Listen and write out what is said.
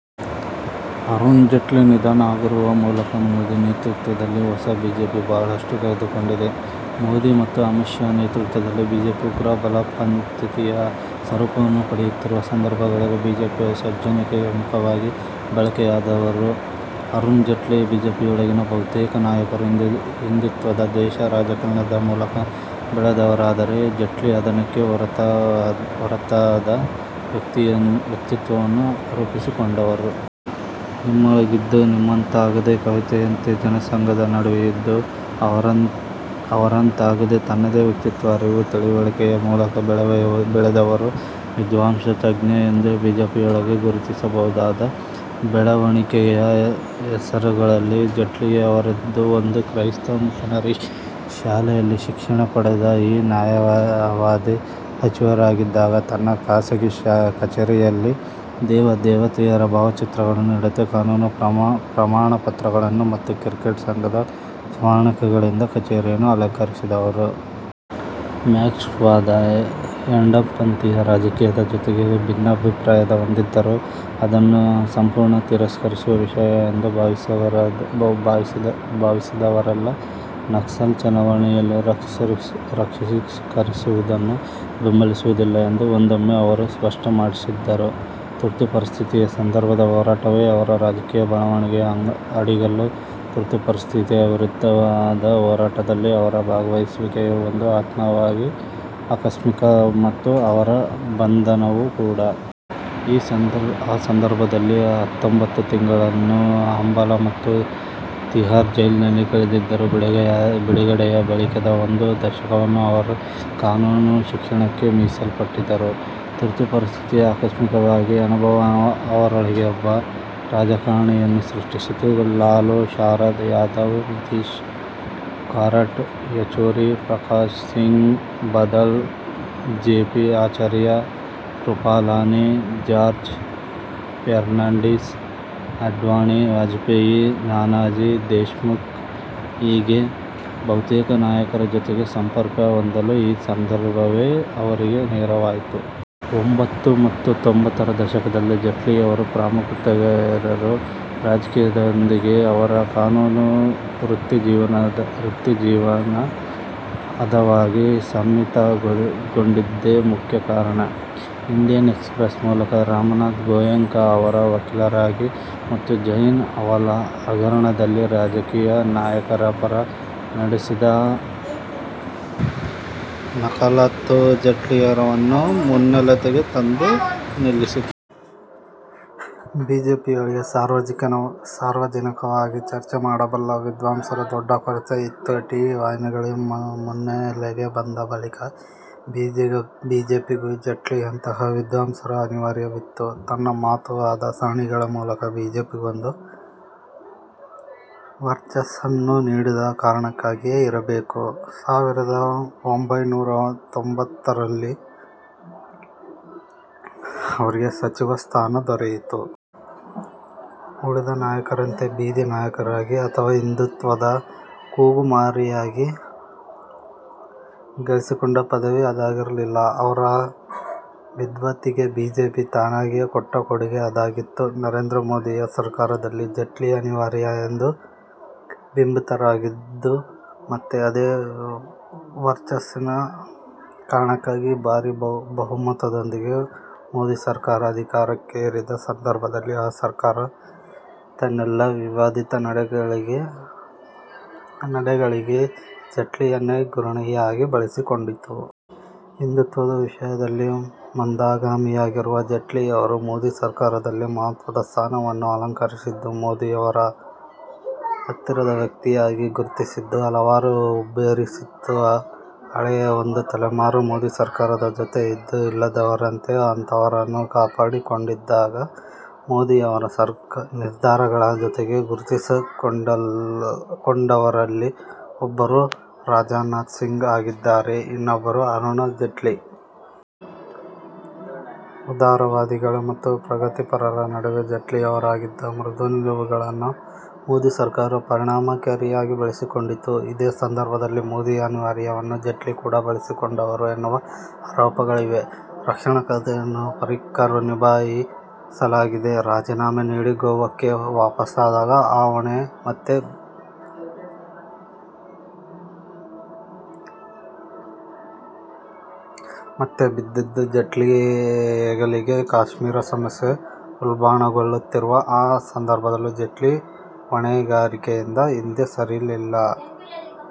ಅರುಣ್ ಜೇಟ್ಲಿ ನಿಧನರಾಗುವ ಮೂಲಕ, ಮೋದಿ ನೇತೃತ್ವದ ಹೊಸ ಬಿಜೆಪಿ ಬಹಳಷ್ಟು ಕಳೆದುಕೊಂಡಿದೆ. ಮೋದಿ ಮತ್ತು ಅಮಿತ್ ಶಾ ನೇತೃತ್ವದಲ್ಲಿ ಬಿಜೆಪಿ ಉಗ್ರ ಬಲಪಂಥೀಯ ಸ್ವರೂಪವನ್ನು ಪಡೆಯುತ್ತಿರುವ ಸಂದರ್ಭದಲ್ಲಿ ಬಿಜೆಪಿಯ ಸಜ್ಜನಿಕೆಯ ಮುಖವಾಗಿ ಬಳಕೆಯಾದವರು ಅರುಣ್ ಜೇಟ್ಲಿ. ಬಿಜೆಪಿಯೊಳಗಿನ ಬಹುತೇಕ ನಾಯಕರು ಹಿಂದುತ್ವದ ದ್ವೇಷ ರಾಜಕಾರಣದ ಮೂಲಕ ಬೆಳೆದವರಾದರೆ ಜೇಟ್ಲಿ ಅದಕ್ಕೆ ಹೊರತಾದ ವ್ಯಕ್ತಿತ್ವವನ್ನು ರೂಪಿಸಿಕೊಂಡವರು. ನಿಮ್ಮೊಳಗಿದ್ದೂ ನಿಮ್ಮಂತಾಗದೆ ಕವಿತೆಯಂತೆ, ಜನಸಂಘದ ನಡುವೆಯಿದ್ದೂ ಅವರಂತಾಗದೆ, ತನ್ನದೇ ವ್ಯಕ್ತಿತ್ವ, ಅರಿವು, ತಿಳುವಳಿಕೆಯ ಮೂಲಕ ಬೆಳೆದವರು. ವಿದ್ವಾಂಸ, ತಜ್ಞ ಎಂದು ಬಿಜೆಪಿಯೊಳಗೆ ಗುರುತಿಸಬಹುದಾದ ಬೆರಳೆಣಿಕೆಯ ಹೆಸರುಗಳಲ್ಲಿ ಜೇಟ್ಲಿಯವರದ್ದೂ ಒಂದು. ಕ್ರೈಸ್ತ ಮಿಶನರಿ ಶಾಲೆಯಲ್ಲಿ ಶಿಕ್ಷಣ ಪಡೆದ ಈ ನ್ಯಾಯವಾದಿ, ಸಚಿವರಾಗಿದ್ದಾಗ ತನ್ನ ಖಾಸಗಿ ಕಚೇರಿಯಲ್ಲಿ ದೇವ ದೇವತೆಯರ ಭಾವಚಿತ್ರಗಳನ್ನು ಇಡದೆ ಕಾನೂನು ಪ್ರಮಾಣಪತ್ರಗಳು ಮತ್ತು ಕ್ರಿಕೆಟ್ ಸಂಘದ ಸ್ಮರಣಿಕೆಗಳಿಂದ ಕಚೇರಿಯನ್ನು ಅಲಂಕರಿಸಿದವರು. ಮಾರ್ಕ್ಸ್ ವಾದ, ಎಡಪಂಥೀಯ ರಾಜಕೀಯದ ಜೊತೆಗೆ ಭಿನ್ನಾಭಿಪ್ರಾಯ ಹೊಂದಿದ್ದರೂ, ಅದನ್ನು ಸಂಪೂರ್ಣ ತಿರಸ್ಕರಿಸುವ ವಿಷಯ ಎಂದು ಭಾವಿಸಿದವರಲ್ಲ. ನಕ್ಸಲ್ ಚಳವಳಿಯನ್ನೂ ರಾಕ್ಷಸೀಕರಿಸುವುದನ್ನು ಬೆಂಬಲಿಸುವುದಿಲ್ಲ ಎಂದು ಒಂದೊಮ್ಮೆ ಅವರು ಸ್ಪಷ್ಟಪಡಿಸಿದ್ದರು. ತುರ್ತುಪರಿಸ್ಥಿತಿಯ ಸಂದರ್ಭದ ಹೋರಾಟವೇ ಅವರ ರಾಜಕೀಯ ಬೆಳವಣಿಗೆಯ ಅಡಿಗಲ್ಲು. ತುರ್ತುಪರಿಸ್ಥಿತಿಯ ವಿರುದ್ಧದ ಹೋರಾಟದಲ್ಲಿ ಅವರ ಭಾಗವಹಿಸುವಿಕೆ ಒಂದು ಆಕಸ್ಮಿಕ ಮತ್ತು ಅವರ ಬಂಧನವೂ ಕೂಡ. ಆ ಸಂದರ್ಭದಲ್ಲಿ ಹತ್ತೊಂಬತ್ತು ತಿಂಗಳುಗಳನ್ನು ಅಂಬಾಲ ಮತ್ತು ತಿಹಾರ್ ಜೈಲಿನಲ್ಲಿ ಕಳೆದಿದ್ದರು. ಬಿಡುಗಡೆಯ ಬಳಿಕದ ಒಂದು ದಶಕವನ್ನು ಅವರು ಕಾನೂನು ಶಿಕ್ಷಣಕ್ಕೆ ಮೀಸಲಿಟ್ಟರಾದರೂ, ತುರ್ತುಪರಿಸ್ಥಿತಿಯ ಆಕಸ್ಮಿಕ ಅನುಭವ ಅವರೊಳಗೊಬ್ಬ ರಾಜಕಾರಣಿಯನ್ನು ಸೃಷ್ಟಿಸಿತ್ತು. ಲಾಲು, ಶರದ್ ಯಾದವ್, ನಿತೀಶ್, ಕಾರಾಟ್, ಯೆಚೂರಿ, ಪ್ರಕಾಶ್ ಸಿಂಗ್ ಬಾದಲ್, ಜೆಪಿ, ಆಚಾರ್ಯ ಕೃಪಲಾನಿ, ಜಾರ್ಜ್ ಫೆರ್ನಾಂಡಿಸ್, ಅಡ್ವಾಣಿ, ವಾಜಪೇಯಿ, ನಾನಾಜಿ ದೇಶ್ಮುಖ್ ಹೀಗೆ ಬಹುತೇಕ ನಾಯಕರ ಜೊತೆ ಸಂಪರ್ಕ ಹೊಂದಲು ಈ ಸಂದರ್ಭವೇ ಅವರಿಗೆ ನೆರವಾಯಿತು. ಎಂಬತ್ತು ಮತ್ತು ತೊಂಬತ್ತರ ದಶಕದಲ್ಲಿ ಜೇಟ್ಲಿಯವರು ಪ್ರಾಮುಖ್ಯತೆಗೇರಲು ರಾಜಕೀಯದೊಂದಿಗೆ ಅವರ ಕಾನೂನು ವೃತ್ತಿಜೀವನ ಹದವಾಗಿ ಸಮ್ಮಿಳಿತಗೊಂಡಿದ್ದೇ ಮುಖ್ಯ ಕಾರಣ. ಇಂಡಿಯನ್ ಎಕ್ಸ್ಪ್ರೆಸ್ ಮಾಲಕ ರಾಮನಾಥ್ ಗೊಯೆಂಕಾ ಅವರ ವಕೀಲರಾಗಿ ಮತ್ತು ಜೈನ್ ಹವಾಲಾ ಹಗರಣದಲ್ಲಿ ರಾಜಕೀಯ ನಾಯಕರ ಪರ ನಡೆಸಿದ ವಕಾಲತ್ತು ಜೇಟ್ಲಿಯವರನ್ನು ಮುನ್ನೆಲೆಗೆ ತಂದು ನಿಲ್ಲಿಸಿತ್ತು. ಬಿಜೆಪಿಯೊಳಗೆ ಸಾರ್ವಜನಿಕವಾಗಿ ಚರ್ಚೆ ಮಾಡಬಲ್ಲ ವಿದ್ವಾಂಸರ ದೊಡ್ಡ ಕೊರತೆಯಿತ್ತು. ಟಿವಿ ವಾಹಿನಿಗಳು ಮುನ್ನೆಲೆಗೆ ಬಂದ ಬಳಿಕ ಬಿಜೆಪಿಗೂ ಜೇಟ್ಲಿಯಂತಹ ವಿದ್ವಾಂಸರ ಅನಿವಾರ್ಯವಿತ್ತು. ತನ್ನ ಮಾತು, ವಾದ ಸರಣಿಗಳ ಮೂಲಕ ಬಿಜೆಪಿಗೊಂದು ವರ್ಚಸ್ಸನ್ನು ನೀಡಿದ ಕಾರಣಕ್ಕಾಗಿಯೇ ಇರಬೇಕು, ಸಾವಿರದ ಒಂಬೈನೂರಾ ತೊಂಬತ್ತೊಂಬತ್ತರಲ್ಲಿ ಅವರಿಗೆ ಸಚಿವ ಸ್ಥಾನ ದೊರೆಯಿತು. ಉಳಿದ ನಾಯಕರಂತೆ ಬೀದಿ ನಾಯಕರಾಗಿ ಅಥವಾ ಹಿಂದುತ್ವದ ಕೂಗು ಮಾರಿಯಾಗಿ ಗಳಿಸಿಕೊಂಡ ಪದವಿ ಅದಾಗಿರಲಿಲ್ಲ. ಅವರ ವಿದ್ವತ್ತಿಗೆ ಬಿಜೆಪಿ ತಾನಾಗಿಯೇ ಕೊಟ್ಟ ಕೊಡುಗೆ ಅದಾಗಿತ್ತು. ನರೇಂದ್ರ ಮೋದಿಯ ಸರಕಾರದಲ್ಲಿ ಜೇಟ್ಲಿ ಅನಿವಾರ್ಯ ಎಂದು ಬಿಂಬಿತರಾಗಿದ್ದೂ ಮತ್ತೆ ಅದೇ ವರ್ಚಸ್ಸಿನ ಕಾರಣಕ್ಕಾಗಿ. ಭಾರೀ ಬಹುಮತದೊಂದಿಗೆ ಮೋದಿ ಸರಕಾರ ಅಧಿಕಾರಕ್ಕೇರಿದ ಸಂದರ್ಭದಲ್ಲಿ ಆ ಸರಕಾರ ತನ್ನೆಲ್ಲ ವಿವಾದಿತ ನಡೆಗಳಿಗೆ ಜೇಟ್ಲಿಯನ್ನೇ ಗುರಾಣಿಯಾಗಿ ಬಳಸಿಕೊಂಡಿತು. ಹಿಂದುತ್ವದ ವಿಷಯದಲ್ಲಿ ಮಂದಗಾಮಿಯಾಗಿರುವ ಜೇಟ್ಲಿಯವರು ಮೋದಿ ಸರಕಾರದಲ್ಲಿ ಮಹತ್ವದ ಸ್ಥಾನವನ್ನು ಅಲಂಕರಿಸಿದ್ದು, ಮೋದಿಯವರ ಹತ್ತಿರದ ವ್ಯಕ್ತಿಯಾಗಿ ಗುರುತಿಸಿದ್ದು ಹಲವರ ಹುಬ್ಬೇರಿಸಿತ್ತು. ಹಳೆಯ ಒಂದು ತಲೆಮಾರು ಮೋದಿ ಸರಕಾರದ ಜೊತೆ ಇದ್ದೂ ಇಲ್ಲದವರಂತೆ ಅಂತರವನ್ನು ಕಾಪಾಡಿಕೊಂಡಿದ್ದಾಗ, ಮೋದಿಯವರ ನಿರ್ಧಾರಗಳ ಜೊತೆಗೆ ಗುರುತಿಸಿಕೊಂಡವರಲ್ಲಿ ಒಬ್ಬರು ರಾಜನಾಥ್ ಸಿಂಗ್ ಆಗಿದ್ದರೆ, ಇನ್ನೊಬ್ಬರು ಅರುಣ್ ಜೇಟ್ಲಿ. ಉದಾರವಾದಿಗಳು ಮತ್ತು ಪ್ರಗತಿಪರರ ನಡುವೆ ಜೇಟ್ಲಿಯವರಿಗಿದ್ದ ಮೃದು ನಿಲುವುಗಳನ್ನು ಮೋದಿ ಸರಕಾರ ಪರಿಣಾಮಕಾರಿಯಾಗಿ ಬಳಸಿಕೊಂಡಿತು. ಇದೇ ಸಂದರ್ಭದಲ್ಲಿ ಮೋದಿಯ ಅನಿವಾರ್ಯವನ್ನು ಜೇಟ್ಲಿ ಕೂಡ ಬಳಸಿಕೊಂಡರು ಎನ್ನುವ ಆರೋಪಗಳಿವೆ. ರಕ್ಷಣಾ ಖಾತೆಯನ್ನು ಪರಿಕ್ಕರ್ ನಿಭಾಯಿಸಲಾಗದೆ ರಾಜೀನಾಮೆ ನೀಡಿ ಗೋವಾಕ್ಕೆ ವಾಪಸಾದಾಗ ಆ ಹೊಣೆ ಮತ್ತೆ ಬಿದ್ದದ್ದು ಜೇಟ್ಲಿ ಹೆಗಲಿಗೆ. ಕಾಶ್ಮೀರ ಸಮಸ್ಯೆ ಉಲ್ಬಣಗೊಳ್ಳುತ್ತಿರುವ ಆ ಸಂದರ್ಭದಲ್ಲೂ ಜೇಟ್ಲಿ ಹೊಣೆಗಾರಿಕೆಯಿಂದ ಹಿಂದೆ ಸರಿಯಲಿಲ್ಲ.